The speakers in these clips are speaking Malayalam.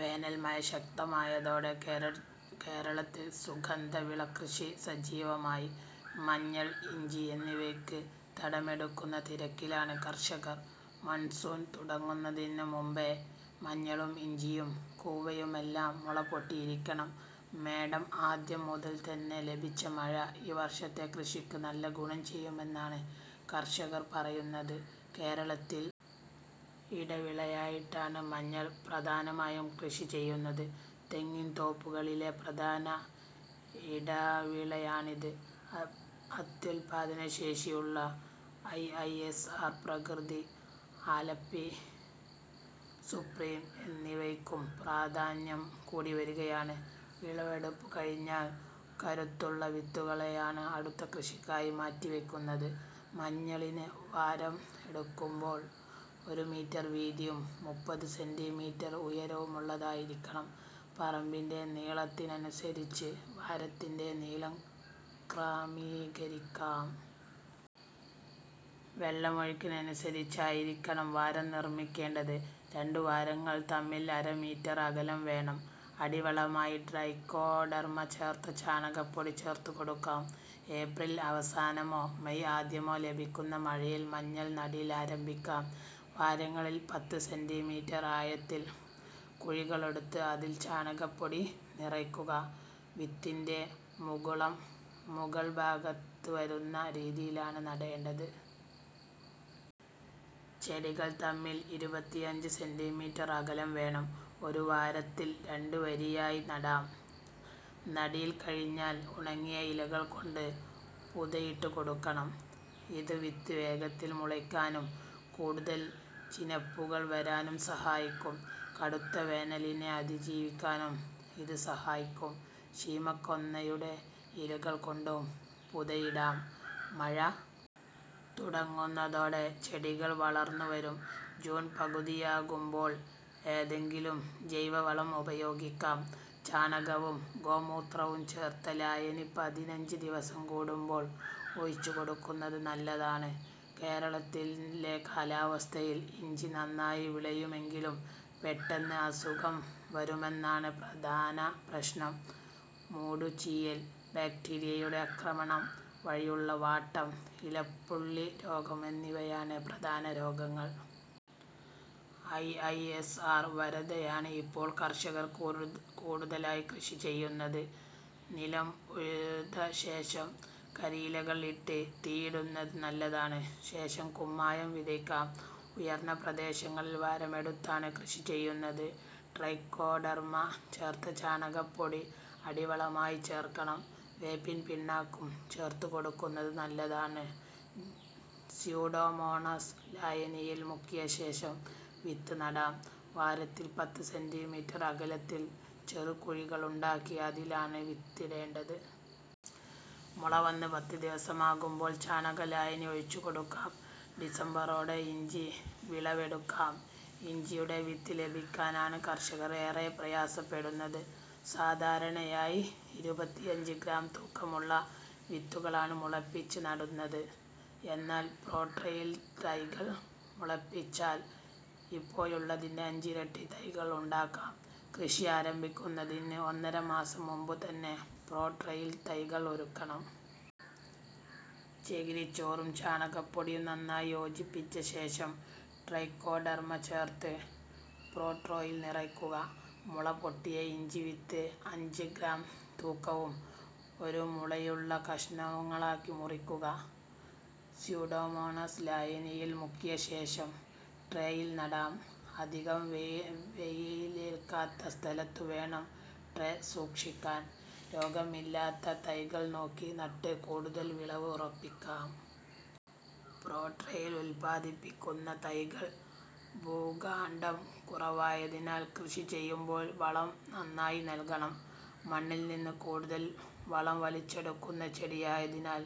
വേനൽമഴ ശക്തമായതോടെ കേര കേരളത്തിൽ സുഗന്ധവിള കൃഷി സജീവമായി. മഞ്ഞൾ, ഇഞ്ചി എന്നിവയ്ക്ക് തടമെടുക്കുന്ന തിരക്കിലാണ് കർഷകർ. മൺസൂൺ തുടങ്ങുന്നതിനു മുമ്പേ മഞ്ഞളും ഇഞ്ചിയും കൂവയുമെല്ലാം മുളപൊട്ടിയിരിക്കണം. മേടം ആദ്യം മുതൽ തന്നെ ലഭിച്ച മഴ ഈ വർഷത്തെ കൃഷിക്ക് നല്ല ഗുണം ചെയ്യുമെന്നാണ് കർഷകർ പറയുന്നത്. കേരളത്തിൽ ഇടവിളയായിട്ടാണ് മഞ്ഞൾ പ്രധാനമായും കൃഷി ചെയ്യുന്നത്. തെങ്ങിൻതോപ്പുകളിലെ പ്രധാന ഇടവിളയാണിത്. അ അത്യുൽപാദനശേഷിയുള്ള ഐഐഎസ്ആർ പ്രകൃതി, ആലപ്പി സുപ്രീം എന്നിവയ്ക്കും പ്രാധാന്യം കൂടിവരികയാണ്. വിളവെടുപ്പു കഴിഞ്ഞാൽ കരുത്തുള്ള വിത്തുകളെയാണ് അടുത്ത കൃഷിക്കായി മാറ്റിവയ്ക്കുന്നത്. മഞ്ഞളിന് വാരം എടുക്കുമ്പോൾ ഒരു മീറ്റർ വീതിയും മുപ്പത് സെന്റീമീറ്റർ ഉയരവുമുള്ളതായിരിക്കണം. പറമ്പിന്റെ നീളത്തിനനുസരിച്ച് വാരത്തിന്റെ നീളം ക്രമീകരിക്കാം. വെള്ളമൊഴുക്കിനനുസരിച്ചായിരിക്കണം വാരം നിർമിക്കേണ്ടത്. രണ്ടു വാരങ്ങൾ തമ്മിൽ അര മീറ്റർ അകലം വേണം. അടിവളമായി ട്രൈക്കോഡെർമ ചേർത്ത ചാണകപ്പൊടി ചേർത്തുകൊടുക്കാം. ഏപ്രിൽ അവസാനമോ മേയ് ആദ്യമോ ലഭിക്കുന്ന മഴയിൽ മഞ്ഞൾ നടീൽ ആരംഭിക്കാം. വാരങ്ങളിൽ പത്ത് സെന്റീമീറ്റർ ആഴത്തിൽ കുഴികളെടുത്ത് അതിൽ ചാണകപ്പൊടി നിറയ്ക്കുക. വിത്തിന്റെ മുകുളം മുകൾഭാഗത്തുവരുന്ന രീതിയിലാണ് നടേണ്ടത്. ചെടികൾ തമ്മിൽ ഇരുപത്തിയഞ്ച് സെന്റീമീറ്റർ അകലം വേണം. ഒരു വാരത്തിൽ രണ്ടു വരിയായി നടാം. നടീൽ കഴിഞ്ഞാൽ ഉണങ്ങിയ ഇലകൾ കൊണ്ട് പുതയിട്ടുകൊടുക്കണം. ഇത് വിത്ത് വേഗത്തിൽ മുളയ്ക്കാനും കൂടുതൽ ചിനപ്പുകൾ വരാനും സഹായിക്കും. കടുത്ത വേനലിനെ അതിജീവിക്കാനും ഇത് സഹായിക്കും. ശീമക്കൊന്നയുടെ ഇലകൾ കൊണ്ടും പുതയിടാം. മഴ തുടങ്ങുന്നതോടെ ചെടികൾ വളർന്നുവരും. ജൂൺ പകുതിയാകുമ്പോൾ ഏതെങ്കിലും ജൈവവളം ഉപയോഗിക്കാം. ചാണകവും ഗോമൂത്രവും ചേർത്ത ലായനി പതിനഞ്ച് ദിവസം കൂടുമ്പോൾ ഒഴിച്ചുകൊടുക്കുന്നത് നല്ലതാണ്. കേരളത്തിലെ കാലാവസ്ഥയിൽ ഇഞ്ചി നന്നായി വിളയുമെങ്കിലും പെട്ടെന്ന് അസുഖം വരുമെന്നാണ് പ്രധാന പ്രശ്നം. മൂടുചീയൽ, ബാക്ടീരിയയുടെ ആക്രമണം വഴിയുള്ള വാട്ടം, ഇലപ്പുള്ളിരോഗം എന്നിവയാണ് പ്രധാന രോഗങ്ങൾ. ഐഐഎസ്ആർ വരദയാണ് ഇപ്പോൾ കർഷകർ കൂ കൂടുതലായി കൃഷി ചെയ്യുന്നത്. നിലം ഉഴുതശേഷം കരിയിലകൾ ഇട്ട് തീയിടുന്നത് നല്ലതാണ്. ശേഷം കുമ്മായം വിതയ്ക്കാം. ഉയർന്ന പ്രദേശങ്ങളിൽ വാരമെടുത്താണ് കൃഷി ചെയ്യുന്നത്. ട്രൈക്കോഡെർമ ചേർത്ത ചാണകപ്പൊടി അടിവളമായി ചേർക്കണം. വേപ്പിൻപിണ്ണാക്കുംചേർത്തുകൊടുക്കുന്നത് നല്ലതാണ്. സ്യൂഡോമോണാസ് ലായനിയിൽ മുക്കിയശേഷം വിത്ത് നടാം. വാരത്തിൽ പത്ത് സെന്റീമീറ്റർ അകലത്തിൽ ചെറുകുഴികളുണ്ടാക്കി അതിലാണ് വിത്തിടേണ്ടത്. മുള വന്ന് പത്ത് ദിവസമാകുമ്പോൾ ചാണക ലായനി ഒഴിച്ചുകൊടുക്കാം. ഡിസംബറോടെ ഇഞ്ചി വിളവെടുക്കാം. ഇഞ്ചിയുടെ വിത്ത് ലഭിക്കാനാണ് കർഷകർ ഏറെ പ്രയാസപ്പെടുന്നത്. സാധാരണയായി ഇരുപത്തിയഞ്ച് ഗ്രാം തൂക്കമുള്ള വിത്തുകളാണ് മുളപ്പിച്ച് നടുന്നത്. എന്നാൽ പ്രോട്രേയിൽ തൈകൾ മുളപ്പിച്ചാൽ ഇപ്പോഴുള്ളതിന്റെ അഞ്ചിരട്ടി തൈകൾ ഉണ്ടാക്കാം. കൃഷി ആരംഭിക്കുന്നതിന് ഒന്നര മാസം മുമ്പുതന്നെ പ്രോട്രേയിൽ തൈകൾ ഒരുക്കണം. ചകിരിച്ചോറും ചാണകപ്പൊടിയും നന്നായി യോജിപ്പിച്ചശേഷം ട്രൈക്കോഡെർമ ചേർത്ത് പ്രോട്രേയിൽ നിറയ്ക്കുക. മുളപൊട്ടിയ ഇഞ്ചിവിത്ത് അഞ്ച് ഗ്രാം തൂക്കവും ഒരു മുളയുള്ള കഷണങ്ങളാക്കി മുറിക്കുക. സ്യൂഡോമോണാസ് ലായനിയിൽ മുക്കിയശേഷം ട്രേയിൽ നടാം. അധികം വെയി വെയിലേൽക്കാത്ത സ്ഥലത്തുവേണം ട്രേ സൂക്ഷിക്കാൻ. രോഗമില്ലാത്ത തൈകൾ നോക്കി നട്ട് കൂടുതൽ വിളവ് ഉറപ്പിക്കാം. പ്രോട്രേയിൽ ഉൽപാദിപ്പിക്കുന്ന തൈകൾക്ക് ഭൂകാണ്ഡം കുറവായതിനാൽ കൃഷി ചെയ്യുമ്പോൾ വളം നന്നായി നൽകണം. മണ്ണിൽനിന്ന് കൂടുതൽ വളം വലിച്ചെടുക്കുന്ന ചെടിയായതിനാൽ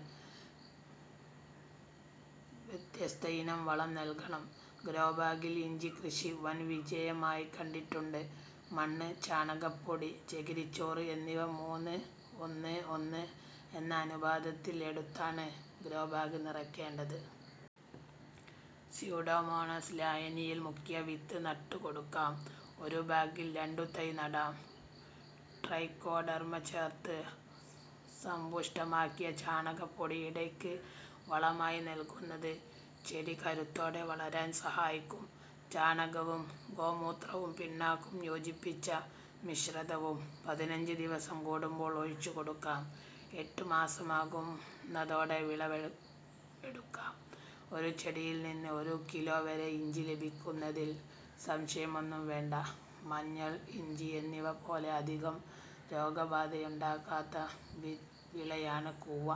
വ്യത്യസ്തയിനം വളം നൽകണം. ഗ്രോബാഗിൽ ഇഞ്ചിക്കൃഷി വൻ വിജയമായി കണ്ടിട്ടുണ്ട്. മണ്ണ്, ചാണകപ്പൊടി, ചകിരിച്ചോറ് എന്നിവ മൂന്ന് ഒന്ന് ഒന്ന് എന്ന അനുപാതത്തിൽ എടുത്താണ് ഗ്രോബാഗ് നിറയ്ക്കേണ്ടത്. സ്യൂഡോമോണാസ് ലായനിയിൽ മുക്കിയ വിത്ത് നട്ടുകൊടുക്കാം. ഒരു ബാഗിൽ രണ്ടു തൈ നടാം. ട്രൈക്കോഡെർമ ചേർത്ത് സമ്പുഷ്ടമാക്കിയ ചാണകപ്പൊടി ഇടയ്ക്ക് വളമായി നൽകുന്നത് ചെടി കരുത്തോടെ വളരാൻ സഹായിക്കും. ചാണകവും ഗോമൂത്രവും പിണ്ണാക്കും യോജിപ്പിച്ച മിശ്രിതവും പതിനഞ്ച് ദിവസം കൂടുമ്പോൾ ഒഴിച്ചുകൊടുക്കാം. എട്ട് മാസമാകുന്നതോടെ വിളവെടുക്കാം. ഒരു ചെടിയിൽനിന്ന് ഒരു കിലോ വരെ ഇഞ്ചി ലഭിക്കുമെന്നതിൽ സംശയമൊന്നും വേണ്ട. മഞ്ഞൾ, ഇഞ്ചി എന്നിവപോലെ അധികം രോഗബാധയുണ്ടാകാത്ത വി വിളയാണ് കൂവ.